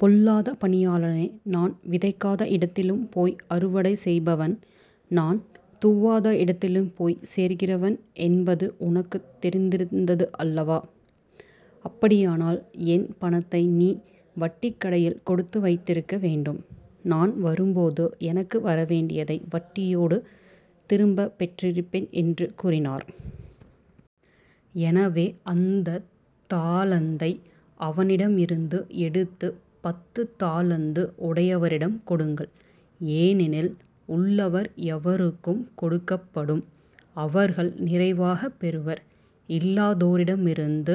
பொல்லாத பணியாளனே நான் விதைக்காத இடத்திலும் போய் அறுவடை செய்பவன். நான் தூவாத இடத்திலும் போய் சேர்க்கிறவன் என்பது உனக்குத் தெரிந்திருந்தது அல்லவா? அப்படியானால் என் பணத்தை நீ வட்டிக் கடையில் கொடுத்து வைத்திருக்க வேண்டும். நான் வரும்போது எனக்கு வரவேண்டியதை வட்டியோடு திரும்பப் பெற்றிருப்பேன் என்று கூறினார். எனவே அந்தத் தாலந்தை அவனிடமிருந்து எடுத்துப் பத்துத் தாலந்து உடையவரிடம் கொடுங்கள். ஏனெனில் உள்ளவர் எவருக்கும் கொடுக்கப்படும். அவர்கள் நிறைவாகப் பெறுவர். இல்லாதோரிடமிருந்து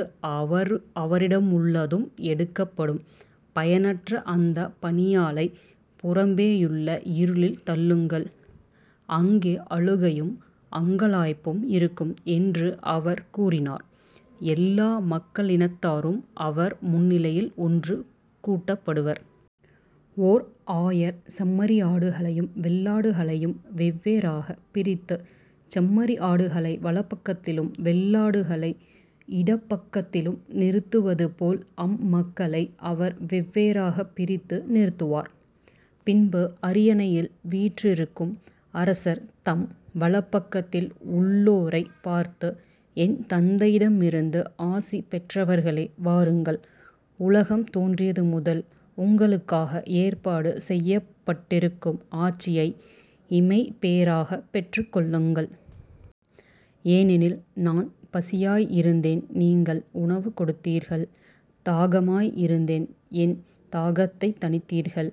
அவரிடமுள்ளதும் எடுக்கப்படும். பயனற்ற இந்தப் பணியாளைப் புறம்பேயுள்ள இருளில் தள்ளுங்கள். அங்கே அழுகையும் அங்கலாய்ப்பும் இருக்கும் என்று அவர் கூறினார். எல்லா மக்களினத்தாரும் அவர் முன்னிலையில் ஒன்று கூட்டப்படுவர். ஓர் ஆயர் செம்மறியாடுகளையும் வெள்ளாடுகளையும் வெவ்வேறாகப் பிரித்துச் செம்மறியாடுகளை வலப்பக்கத்திலும் வெள்ளாடுகளை இடப்பக்கத்திலும் நிறுத்துவதுபோல் அம்மக்களை அவர் வெவ்வேறாகப் பிரித்து நிறுத்துவார். பின்பு அரியணையில் வீற்றிருக்கும் அரசர் தம் வலப்பக்கத்தில் உள்ளோரைப் பார்த்து என் தந்தையிடமிருந்து ஆசி பெற்றவர்களே வாருங்கள் உலகம் தோன்றியது முதல் உங்களுக்காக ஏற்பாடு செய்யப்பட்டிருக்கும் ஆட்சியை இமைப்பேறாகப் பெற்றுக்கொள்ளுங்கள். ஏனெனில் நான் பசியாய் இருந்தேன் நீங்கள் உணவு கொடுத்தீர்கள் தாகமாய் இருந்தேன் என் தாகத்தைத் தணித்தீர்கள்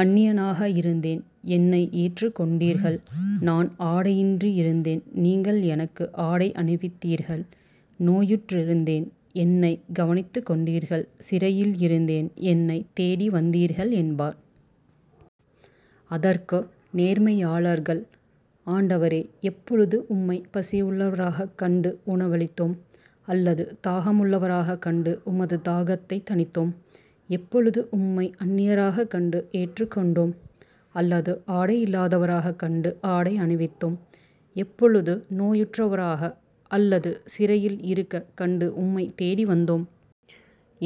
அன்னியனாக இருந்தேன் என்னை ஏற்றுக் கொண்டீர்கள் நான் ஆடையின்றி இருந்தேன் நீங்கள் எனக்கு ஆடை அணிவித்தீர்கள் நோயுற்றிருந்தேன் என்னைக் கவனித்துக் கொண்டீர்கள் சிறையில் இருந்தேன் என்னைத் தேடி வந்தீர்கள் என்பார். அதற்கு நேர்மையாளர்கள் ஆண்டவரே எப்பொழுது உம்மைப் பசியுள்ளவராகக் கண்டு உணவளித்தோம் அல்லது தாகமுள்ளவராகக் கண்டு உமது தாகத்தைத் தணித்தோம்? எப்பொழுது உம்மை அன்னியராகக் கண்டு ஏற்றுக் கொண்டோம்? அல்லது ஆடை இல்லாதவராகக் கண்டு ஆடை அணிவித்தோம்? எப்பொழுது நோயுற்றவராக அல்லது சிறையில் இருக்கக் கண்டு உம்மைத்தேடி வந்தோம்?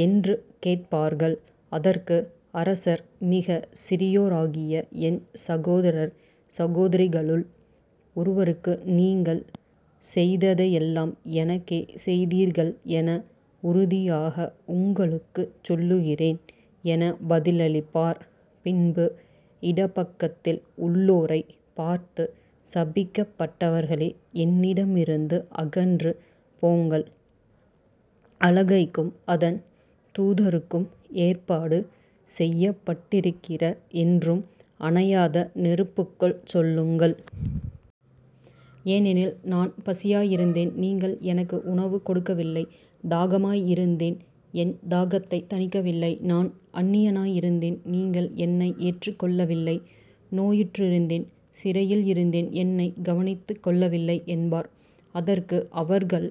என்று கேட்பார்கள். அதற்கு அரசர் மிகச் சிறியோராகிய என் சகோதரர் சகோதரிகளுள் ஒருவருக்கு நீங்கள் செய்ததையெல்லாம் எனக்கே செய்தீர்கள் என உறுதியாக உங்களுக்குச் சொல்லுகிறேன் எனப் பதிலளிப்பார். பின்பு இடப்பக்கத்தில் உள்ளோரைப் பார்த்து சபிக்கப் பட்டவர்களே என்னிடமிருந்து அகன்று போங்கள். அலகைக்கும் அதன் தூதருக்கும் ஏற்பாடு செய்யப்பட்டிருக்கிற என்றும் அணையாத நெருப்புக்குள் செல்லுங்கள். ஏனெனில் நான் பசியாய் இருந்தேன் நீங்கள் எனக்கு உணவு கொடுக்கவில்லை தாகமாயிருந்தேன் என் தாகத்தைத் தணிக்கவில்லை. நான் அன்னியனாய் இருந்தேன் நீங்கள் என்னை ஏற்றுக் கொள்ளவில்லை. நோயுற்றிருந்தேன் சிறையிலிருந்தேன் என்னைக் கவனித்துக் கொள்ளவில்லை என்பார். அதற்கு அவர்கள்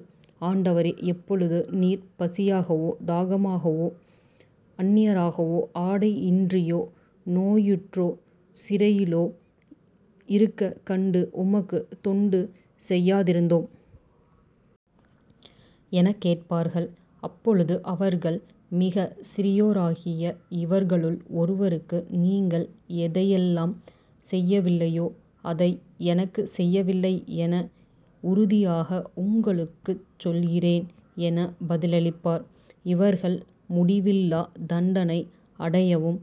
ஆண்டவரே எப்பொழுது நீர் பசியாகவோ தாகமாகவோ அன்னியராகவோ ஆடையின்றியோ நோயுற்றோ சிறையிலோ இருக்கக் கண்டு உமக்குத் தொண்டு செய்யாதிருந்தோம்? எனக் கேட்பார்கள். அப்பொழுது அவர்கள் மிகச் சிறியோராகிய இவர்களுள் ஒருவருக்கு நீங்கள் எதையெல்லாம் செய்யவில்லையோ அதை எனக்கும் செய்யவில்லை என உறுதியாக உங்களுக்குச் சொல்கிறேன் எனப் பதிலளிப்பார். இவர்கள் முடிவில்லாத் தண்டனை அடையவும்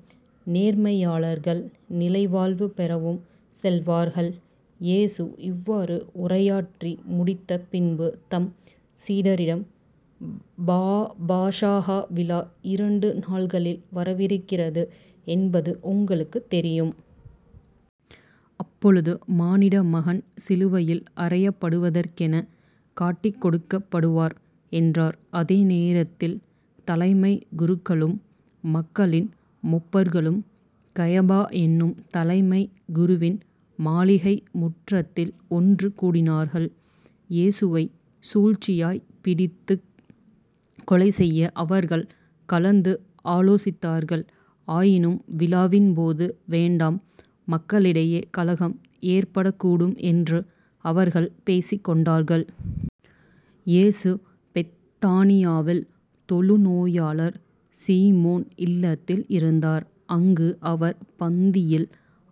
நேர்மையாளர்கள் நிலை வாழ்வு பெறவும் செல்வார்கள். இயேசு இவ்வாறு உரையாற்றி முடித்த பின்பு தம் சீடரிடம் பாஸகா விழா இரண்டு நாள்களில் வரவிருக்கிறது என்பது உங்களுக்குத் தெரியும். அப்பொழுது மானிட மகன் சிலுவையில் அறையப்படுவதற்கெனக் காட்டிக்கொடுக்கப் படுவார் என்றார். அதே நேரத்தில் தலைமைக் குருக்களும் மக்களின் முப்பர்களும் கயபா என்னும் தலைமைக் குருவின் மாளிகை முற்றத்தில் ஒன்று கூடினார்கள். இயேசுவைச் சூழ்ச்சியாய்ப் பிடித்துக் கொலை செய்ய அவர்கள் கலந்து ஆலோசித்தார்கள். ஆயினும் விழாவின்போது வேண்டாம் மக்களிடையே கலகம் ஏற்படக்கூடும் என்று அவர்கள் பேசிக் கொண்டார்கள். இயேசு பெத்தானியாவில் தொழுநோயாளர் சீமோன் இல்லத்தில் இருந்தார். அங்கு அவர் பந்தியில்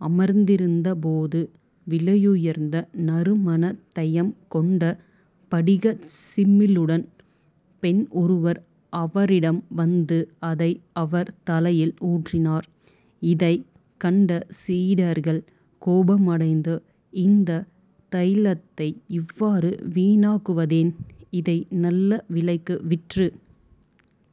அமர்ந்திருந்தபோது விலையுயர்ந்த நறுமணத் தையம் கொண்ட படிகச் சிமிழுடன் பெண் ஒருவர் அவரிடம் வந்து அதை அவர் தலையில் ஊற்றினார். இதைக் கண்ட சீடர்கள் கோபமடைந்து இந்தத் தைலத்தை இவ்வாறு வீணாக்குவதேன்? இதை நல்ல விலைக்கு விற்று